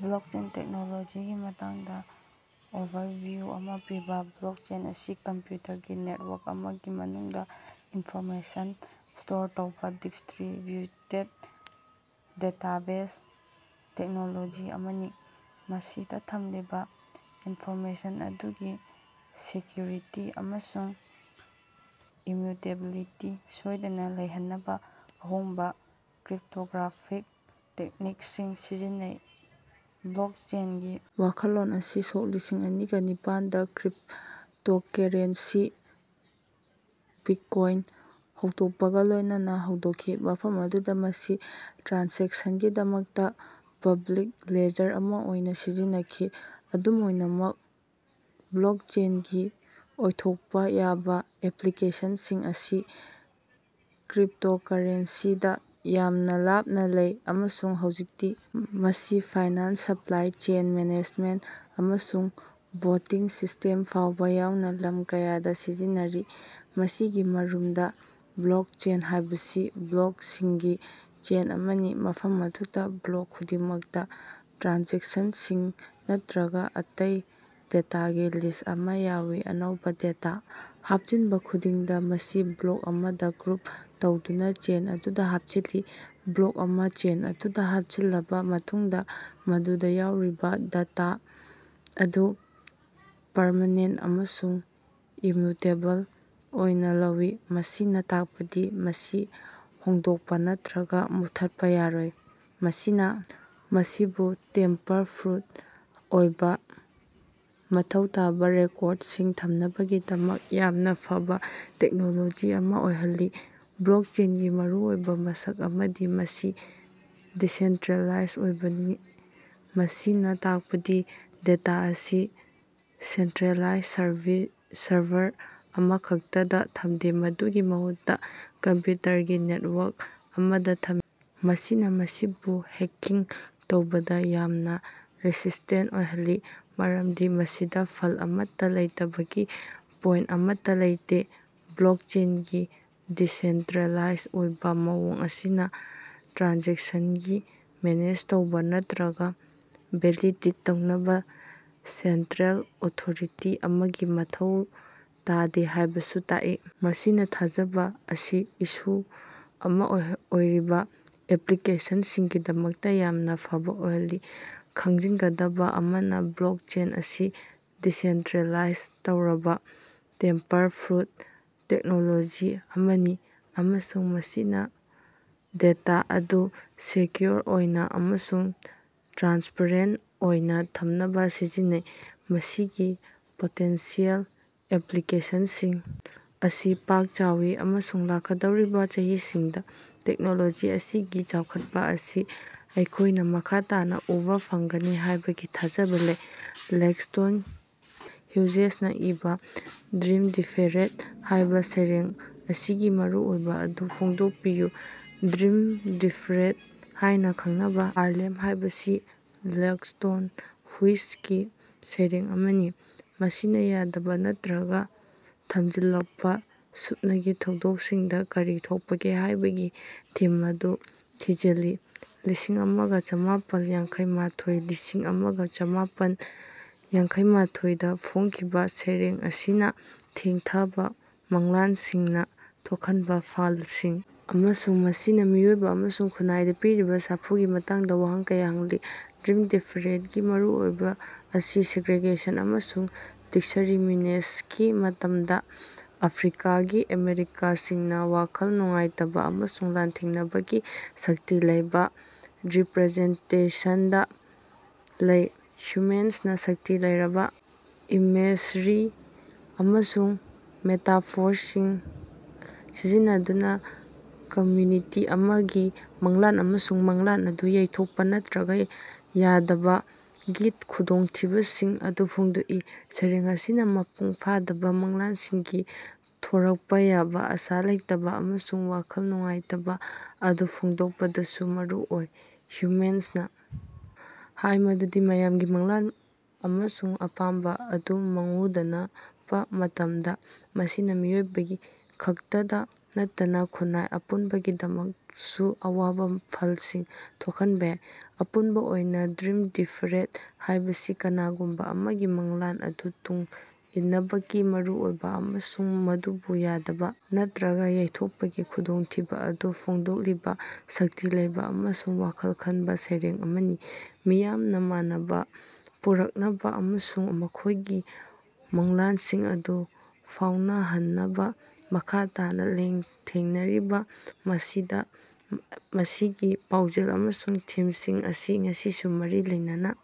Blockchain ꯇꯦꯛꯅꯣꯂꯣꯖꯤꯒꯤ ꯃꯇꯥꯡꯗꯥ overview ꯑꯃꯥ ꯄꯤꯕꯥ꯫ ꯕ꯭ꯂꯣꯀꯆꯦꯟ ꯑꯁꯤ ꯀꯝꯄ꯭ꯌꯨꯇꯔꯒꯤ ꯅꯦꯠꯋꯥꯔꯛ ꯑꯃꯒꯤ ꯃꯅꯨꯡꯗꯥ ꯏꯟꯐꯣꯔꯃꯦꯁꯟ ꯁ꯭ꯇꯣꯔ ꯇꯧꯕꯥ ꯗꯤꯁꯇ꯭ꯔꯤꯕ꯭ꯌꯨꯇꯦꯗ ꯗꯦꯇꯥꯕꯦꯖ ꯇꯦꯛꯅꯣꯂꯣꯖꯤ ꯑꯃꯅꯤ꯫ ꯃꯁꯤꯗꯥ ꯊꯝꯂꯤꯕꯥ ꯏꯟꯐꯣꯔꯃꯦꯁꯟ ꯑꯗꯨꯒꯤ ꯁꯦꯀ꯭ꯌꯨꯔꯤꯇꯤ ꯑꯃꯁꯨꯡ ꯏꯃ꯭ꯌꯨꯇꯦꯕꯤꯂꯤꯇꯤ ꯁꯣꯢꯗꯅꯥ ꯂꯩꯍꯟꯅꯕꯥ ꯑꯍꯣꯡꯕꯥ ꯀ꯭ꯔꯤꯞꯇꯣꯒ꯭ꯔꯥꯐꯤꯛ ꯇꯦꯛꯅꯤꯛꯁꯤꯡ ꯁꯤꯖꯤꯟꯅꯩ꯫ ꯕ꯭ꯂꯣꯀꯆꯦꯟꯒꯤ ꯋꯥꯈꯜꯂꯣꯟ ꯑꯁꯤ ꯁꯣꯛ ꯂꯤꯁꯤꯡ ꯑꯅꯤꯒ ꯅꯤꯄꯥꯟꯗꯥ ꯀ꯭ꯔꯤꯞꯇꯣꯀꯥꯔꯦꯟꯁꯤ ꯕꯤꯠꯀꯣꯢꯟ ꯍꯧꯗꯣꯀꯄꯒꯥ ꯂꯣꯢꯅꯅꯥ ꯍꯧꯗꯣꯀꯈꯤ, ꯃꯐꯝ ꯑꯗꯨꯗꯥ ꯃꯁꯤ ꯇ꯭ꯔꯥꯟꯖꯦꯛꯁꯟꯒꯤꯗꯃꯛꯇꯥ ꯄꯕ꯭ꯂꯤꯛ ꯂꯦꯖꯔ ꯑꯃꯥ ꯑꯣꯏꯅꯥ ꯁꯤꯖꯤꯟꯅꯈꯤ꯫ ꯑꯗꯨꯝ ꯑꯣꯏꯅꯃꯛ ꯕ꯭ꯂꯣꯀꯆꯦꯟꯒꯤ ꯑꯣꯏꯊꯣꯀꯄꯥ ꯌꯥꯕꯥ ꯑꯦꯄ꯭ꯂꯤꯀꯦꯁꯟꯁꯤꯡ ꯑꯁꯤ ꯀ꯭ꯔꯤꯞꯇꯣꯀꯥꯔꯦꯟꯁꯤꯗꯒꯤ ꯌꯥꯝꯅꯥ ꯂꯥꯞꯅꯥ ꯂꯩ ꯑꯃꯁꯨꯡ ꯍꯧꯖꯤꯛꯇꯤ ꯃꯁꯤ ꯐꯥꯏꯅꯥꯟꯁ, ꯁꯄ꯭ꯂꯥꯏ ꯆꯦꯟ ꯃꯦꯅꯦꯖꯃꯦꯟꯇ ꯑꯃꯁꯨꯡ ꯚꯣꯇꯤꯡ ꯁꯤꯁꯇꯦꯝ ꯐꯥꯎꯕꯥ ꯌꯥꯎꯅꯥ ꯂꯝ ꯀꯌꯥꯗꯥ ꯁꯤꯖꯤꯟꯅꯔꯤ꯫ ꯃꯁꯤꯒꯤ ꯃꯔꯨꯝꯗꯥ, ꯕ꯭ꯂꯣꯀꯆꯦꯟ ꯍꯥꯢꯕꯁꯤ ꯕ꯭ꯂꯣꯀꯁꯤꯡꯒꯤ ꯆꯦꯟ ꯑꯃꯅꯤ ꯃꯐꯝ ꯑꯗꯨꯗꯥ ꯕ꯭ꯂꯣꯛ ꯈꯨꯗꯤꯡꯃꯛꯇꯥ ꯇ꯭ꯔꯥꯟꯖꯦꯛꯁꯟꯁꯤꯡ ꯅꯠꯇ꯭ꯔꯒꯥ ꯑꯇꯩ ꯗꯦꯇꯥꯒꯤ ꯂꯤꯁ ꯑꯃꯥ ꯌꯥꯎꯏ꯫ ꯑꯅꯧꯕꯥ ꯗꯦꯇꯥ ꯍꯥꯄꯆꯤꯟꯕꯥ ꯈꯨꯗꯤꯡꯗꯥ ,ꯃꯁꯤ ꯕ꯭ꯂꯣꯛ ꯑꯃꯗꯥ ꯒ꯭ꯔꯨꯞ ꯇꯧꯗꯨꯅꯥ ꯆꯦꯟ ꯑꯗꯨꯗꯥ ꯍꯥꯞꯆꯤꯜꯂꯤ꯫ ꯕ꯭ꯂꯣꯛ ꯑꯃꯥ ꯆꯦꯟ ꯑꯗꯨꯗꯥ ꯍꯥꯞꯆꯤꯜꯂꯕꯥ ꯃꯇꯨꯡꯗꯥ, ꯃꯗꯨꯗꯥ ꯌꯥꯎꯔꯤꯕꯥ ꯗꯦꯇꯥ ꯑꯗꯨ ꯄꯔꯃꯦꯅꯦꯟꯇ ꯑꯃꯁꯨꯡ ꯏꯃ꯭ꯌꯨꯇꯦꯕꯜ ꯑꯣꯏꯅꯥ ꯂꯧꯏ, ꯃꯁꯤꯅꯥ ꯇꯥꯛꯄꯗꯤ ꯃꯁꯤ ꯍꯣꯡꯗꯣꯛꯄꯥ ꯅꯠꯇ꯭ꯔꯒꯥ ꯃꯨꯠꯊꯠꯄꯥ ꯌꯥꯔꯣꯏ꯫ ꯃꯁꯤꯅꯥ ꯃꯁꯤꯕꯨ ꯇꯦꯝꯄꯔ-ꯄ꯭ꯔꯨꯐ ꯑꯣꯏꯕꯥ ꯃꯊꯧ ꯇꯥꯕꯥ ꯔꯦꯀꯣꯔꯗꯁꯤꯡ ꯊꯝꯅꯕꯒꯤꯗꯃꯛ ꯌꯥꯝꯅꯥ ꯐꯕꯥ ꯇꯦꯛꯅꯣꯂꯣꯖꯤ ꯑꯃꯥ ꯑꯣꯏꯍꯜꯂꯤ꯫ ꯕ꯭ꯂꯣꯀꯆꯦꯟꯒꯤ ꯃꯔꯨꯑꯣꯏꯕꯥ ꯃꯁꯛ ꯑꯃꯗꯤ ꯃꯁꯤ ꯗꯤꯁꯦꯟꯇ꯭ꯔꯦꯂꯥꯏꯖ ꯑꯣꯏꯕꯅꯤ, ꯃꯁꯤꯅꯥ ꯇꯥꯀꯄꯗꯤ ꯗꯦꯇꯥ ꯑꯁꯤ ꯁꯦꯟꯇ꯭ꯔꯦꯂꯥꯏꯖ ꯁꯔꯚꯔ ꯑꯃꯈꯛꯇꯗꯥ ꯊꯝꯗꯦ, ꯃꯗꯨꯒꯤ ꯃꯍꯨꯠꯇꯥ ꯀꯝꯄ꯭ꯌꯨꯇꯔꯒꯤ ꯅꯦꯇꯋꯥꯔꯛ ꯑꯃꯗꯥ ꯊꯝꯃꯤ꯫ ꯃꯁꯤꯅꯥ ꯃꯁꯤꯕꯨ ꯍꯦꯛꯀꯤꯡ ꯇꯧꯕꯗꯥ ꯌꯥꯝꯅꯥ ꯔꯦꯁꯤꯁꯇꯦꯟꯇ ꯑꯣꯏꯍꯜꯂꯤ, ꯃꯔꯝꯗꯤ ꯃꯁꯤꯗꯥ ꯐꯜ ꯑꯃꯠꯇꯥ ꯂꯩꯇꯕꯒꯤ ꯄꯣꯏꯟꯇ ꯑꯃꯠꯇꯥ ꯂꯩꯇꯦ꯫ ꯕ꯭ꯂꯣꯀꯆꯦꯟꯒꯤ ꯗꯤꯁꯦꯟꯇ꯭ꯔꯦꯂꯥꯏꯖ ꯑꯣꯏꯕꯥ ꯃꯑꯣꯡ ꯑꯁꯤꯅꯥ ꯇ꯭ꯔꯥꯟꯖꯦꯛꯁꯟꯁꯤꯡ ꯃꯦꯅꯦꯖ ꯇꯧꯕꯥ ꯅꯠꯇ꯭ꯔꯒꯥ ꯚꯦꯂꯤꯗꯦꯠ ꯇꯧꯅꯕꯥ ꯁꯦꯟꯇ꯭ꯔꯦꯜ ꯑꯣꯊꯣꯔꯤꯇꯤ ꯑꯃꯒꯤ ꯃꯊꯧ ꯇꯥꯗꯦ ꯍꯥꯢꯕꯁꯨ ꯇꯛꯏ, ꯃꯁꯤꯅꯥ ꯊꯥꯖꯕꯥ ꯑꯁꯤ ꯏꯁꯨ ꯑꯃꯥ ꯑꯣꯏꯔꯤꯕꯥ ꯑꯦꯄ꯭ꯂꯤꯀꯦꯁꯟꯁꯤꯡꯒꯤꯗꯃꯛꯇꯥ ꯌꯥꯝꯅꯥ ꯐꯕꯥ ꯑꯣꯏꯍꯜꯂꯤ꯫ ꯈꯪꯖꯤꯟꯒꯗꯕꯥ ꯑꯃꯅꯥ ꯕ꯭ꯂꯣꯀꯆꯦꯟ ꯑꯁꯤ ꯗꯤꯁꯦꯟꯇ꯭ꯔꯦꯂꯥꯏꯖ ꯇꯧꯔꯕꯥ ꯇꯦꯝꯄꯔ-ꯄ꯭ꯔꯨꯐ ꯇꯦꯛꯅꯣꯂꯣꯖꯤ ꯑꯃꯅꯤ ꯑꯃꯁꯨꯡ ꯃꯁꯤꯅꯥ ꯗꯦꯇꯥ ꯑꯗꯨ ꯁꯦꯀ꯭ꯌꯨꯑꯣꯔ ꯑꯣꯏꯅꯥ ꯑꯃꯁꯨꯡ ꯇ꯭ꯔꯥꯟꯁꯄꯦꯔꯦꯟꯇ ꯑꯣꯏꯅꯥ ꯊꯝꯅꯕꯥ ꯁꯤꯖꯤꯟꯅꯩ꯫ ꯃꯁꯤꯒꯤ ꯄꯣꯇꯦꯟꯁꯤꯌꯦꯜ ꯑꯦꯄ꯭ꯂꯤꯀꯦꯁꯟꯁꯤꯡ ꯑꯁꯤ ꯄꯥꯛ ꯆꯥꯎꯏ ꯑꯃꯁꯨꯡ ꯂꯥꯛꯀꯗꯧꯔꯤꯕꯥ ꯆꯍꯤꯁꯤꯡꯗꯥ ꯇꯦꯛꯅꯣꯂꯣꯖꯤ ꯑꯁꯤꯒꯤ ꯆꯥꯎꯈꯠꯄ ꯑꯁꯤ ꯑꯩꯈꯣꯢꯅꯥ ꯃꯈꯥ ꯇꯥꯅꯥ ꯎꯕꯥ ꯐꯪꯒꯅꯤ ꯍꯥꯢꯕꯒꯤ ꯊꯥꯖꯕꯥ ꯂꯩ꯫ ꯂꯦꯡꯁ꯭ꯇꯣꯟ ꯍ꯭ꯌꯨꯖꯦꯁꯅꯥ ꯏꯕꯥ "ꯗ꯭ꯔꯤꯝ ꯗꯤꯐꯦꯔꯦꯗ" ꯍꯥꯢꯕꯥ ꯁꯩꯔꯦꯡ ꯑꯁꯤꯒꯤ ꯃꯔꯨꯑꯣꯏꯕꯥ ꯑꯗꯨ ꯐꯣꯡꯗꯣꯛꯄꯤꯌꯨ꯫ "ꯗ꯭ꯔꯤꯝ ꯗꯤꯐꯦꯔꯦꯗ" ꯍꯥꯢꯅꯥ ꯈꯪꯅꯕꯥ "ꯍꯥꯔꯂꯦꯝ"ꯍꯥꯌꯕꯁꯤ ꯂꯦꯡꯁ꯭ꯇꯣꯟ ꯍꯨꯏꯁꯀꯤ ꯁꯩꯔꯦꯡ ꯑꯃꯅꯤ, ꯃꯁꯤꯅꯥ ꯌꯥꯗꯕꯥ ꯅꯠꯇ꯭ꯔꯒꯥ ꯊꯃꯖꯤꯜꯂꯛꯄꯥ ꯁꯨꯞꯅꯒꯤ ꯊꯧꯗꯣꯛꯁꯤꯡꯗꯥ ꯀꯔꯤ ꯊꯣꯛꯄꯒꯦ ꯍꯥꯢꯕꯒꯤ ꯊꯤꯝ ꯑꯗꯨ ꯊꯤꯖꯤꯜꯂꯤ꯫ ꯂꯤꯁꯤꯡ ꯑꯃꯒ ꯆꯥꯃꯥꯄꯜ ꯌꯥꯡꯈꯩ ꯃꯥꯊꯣꯏ ꯂꯤꯁꯤꯡ ꯑꯃꯒ ꯆꯥꯃꯄꯟ ꯌꯥꯡꯈꯩꯃꯊꯣꯢꯗꯥ ꯐꯣꯡꯈꯤꯕꯥ ꯁꯩꯔꯦꯡ ꯑꯁꯤꯅꯥ ꯊꯦꯡꯊꯕꯥ ꯃꯪꯂꯥꯟꯁꯤꯡꯅꯥ ꯊꯣꯛꯍꯟꯕꯥ ꯐꯜꯁꯤꯡ ꯑꯃꯁꯨꯡ ꯃꯁꯤꯅꯥ ꯃꯤꯑꯣꯏꯕꯥ ꯑꯃꯁꯨꯡ ꯈꯨꯟꯅꯥꯏꯗꯥ ꯄꯤꯔꯤꯕꯥ ꯁꯥꯐꯨꯒꯤ ꯃꯇꯥꯡꯗꯥ ꯋꯥꯍꯪ ꯀꯌꯥ ꯍꯪꯂꯤ꯫ ꯗ꯭ꯔꯤꯝ ꯗꯤꯐꯦꯔꯦꯗ ꯒꯤ ꯃꯔꯨꯑꯣꯏꯕꯥ ꯑꯁꯤ ꯁꯦꯒ꯭ꯔꯦꯒꯦꯁꯟ ꯑꯃꯁꯨꯡ ꯗꯤꯁꯛꯔꯤꯃꯤꯅꯦꯁꯅꯒꯤ ꯃꯇꯝꯗꯥ ꯑꯐ꯭ꯔꯤꯀꯥꯒꯤ ꯑꯃꯦꯔꯤꯀꯥꯅꯁꯤꯡꯒꯤ ꯋꯥꯈꯜ ꯅꯨꯡꯉꯥꯏꯇꯕꯥ ꯑꯃꯁꯨꯡ ꯂꯥꯟꯊꯦꯡꯅꯕꯒꯤ ꯁꯛꯇꯤ ꯂꯩꯕꯥ ꯔꯤꯄ꯭ꯔꯖꯦꯟꯇꯦꯁꯟꯗꯥ ꯂꯩ꯫ ꯍ꯭ꯌꯨꯃꯦꯁꯅꯥ ꯁꯛꯇꯤ ꯂꯩꯔꯕꯥ ꯏꯃꯦꯖꯔꯤ ꯑꯃꯁꯨꯡ ꯃꯦꯇꯥꯐꯣꯔꯁꯤꯡ ꯁꯤꯖꯤꯟꯅꯗꯨꯅꯥ ꯀꯃ꯭ꯌꯨꯅꯤꯇꯤ ꯑꯃꯒꯤ ꯃꯪꯂꯥꯟ ꯑꯃꯁꯨꯡ ꯃꯪꯂꯥꯟ ꯑꯗꯨ ꯌꯩꯊꯣꯛꯄꯥ ꯅꯠꯇ꯭ꯔꯒꯥ ꯌꯥꯗꯕꯒꯤ ꯈꯨꯗꯣꯡꯊꯤꯕꯁꯤꯡ ꯑꯗꯨ ꯐꯣꯡꯗꯣꯛꯏ꯫ ꯁꯩꯔꯦꯡ ꯑꯁꯤꯅꯥ ꯃꯄꯨꯡ ꯐꯥꯗꯕꯥ ꯃꯪꯂꯥꯟꯁꯤꯡꯗꯒꯤ ꯊꯣꯔꯛꯄꯥ ꯌꯥꯕꯥ ꯑꯥꯁꯥ ꯂꯩꯇꯕꯥ ꯑꯃꯁꯨꯡ ꯋꯥꯈꯜ ꯅꯨꯡꯉꯥꯏꯇꯕꯥ ꯑꯗꯨ ꯐꯣꯡꯗꯣꯛꯄꯗꯁꯨ ꯃꯔꯨ ꯑꯣꯏ꯫ ꯍ꯭ꯌꯨꯃꯦꯁꯅꯥ ꯍꯥꯢ ꯃꯗꯨꯗꯤ ꯃꯤꯌꯥꯝꯒꯤ ꯃꯪꯂꯥꯟ ꯑꯃꯁꯨꯡ ꯑꯄꯥꯝꯕꯥ ꯑꯗꯨ ꯃꯪꯎꯅꯗꯕꯥ ꯃꯇꯝꯗꯥ, ꯃꯁꯤꯅꯥ ꯃꯤꯑꯣꯏꯕꯈꯛꯇꯗꯥ ꯅꯠꯇꯅꯥ ꯈꯨꯟꯅꯥꯏ ꯑꯄꯨꯟꯕꯒꯤꯗꯃꯛꯁꯨ ꯑꯋꯥꯕꯥ ꯐꯜꯁꯤꯡ ꯊꯣꯛꯍꯟꯕꯥ ꯌꯥꯏ꯫ ꯑꯄꯨꯟꯕꯥ ꯑꯣꯏꯅꯥ "ꯗ꯭ꯔꯤꯝ ꯗꯤꯐꯦꯔꯦꯗ" ꯍꯥꯢꯕꯁꯤ ꯀꯅꯥꯒꯨꯝꯕꯥ ꯑꯃꯒꯤ ꯃꯪꯂꯥꯟ ꯑꯗꯨ ꯇꯨꯡ ꯏꯟꯅꯕꯒꯤ ꯃꯔꯨꯑꯣꯏꯕꯥ ꯑꯃꯁꯨꯡ ꯃꯗꯨꯕꯨ ꯌꯥꯗꯕꯥ ꯅꯠꯇ꯭ꯔꯒꯥ ꯌꯩꯊꯣꯛꯄꯒꯤ ꯈꯨꯗꯣꯡꯊꯤꯕꯥ ꯑꯗꯨ ꯐꯣꯡꯗꯣꯛꯂꯤꯕꯥ ꯁꯛꯇꯤ ꯂꯩꯕꯥ ꯑꯃꯁꯨꯡ ꯋꯥꯈꯜ ꯈꯟꯕꯥ ꯁꯩꯔꯦꯡ ꯑꯃꯅꯤ꯫ ꯃꯤꯌꯥꯝꯅꯥ ꯃꯥꯟꯅꯕꯥ ꯄꯨꯔꯛꯅꯕꯥ ꯑꯃꯁꯨꯡ ꯃꯈꯣꯢꯒꯤ ꯃꯪꯂꯥꯟꯁꯤꯡ ꯑꯗꯨ ꯃꯪꯐꯥꯎꯅꯍꯟꯅꯕꯥ ꯃꯈꯥ ꯇꯥꯅꯥ ꯂꯥꯟꯊꯦꯡꯅꯔꯤꯕꯥ ꯑꯁꯤꯗꯥ ꯃꯁꯤꯒꯤ ꯄꯥꯎꯖꯦꯜ ꯑꯃꯁꯨꯡ ꯊꯤꯝꯁꯤꯡ ꯑꯁꯤ ꯉꯁꯤꯁꯨ ꯃꯔꯤ ꯂꯩꯅꯔꯤ꯫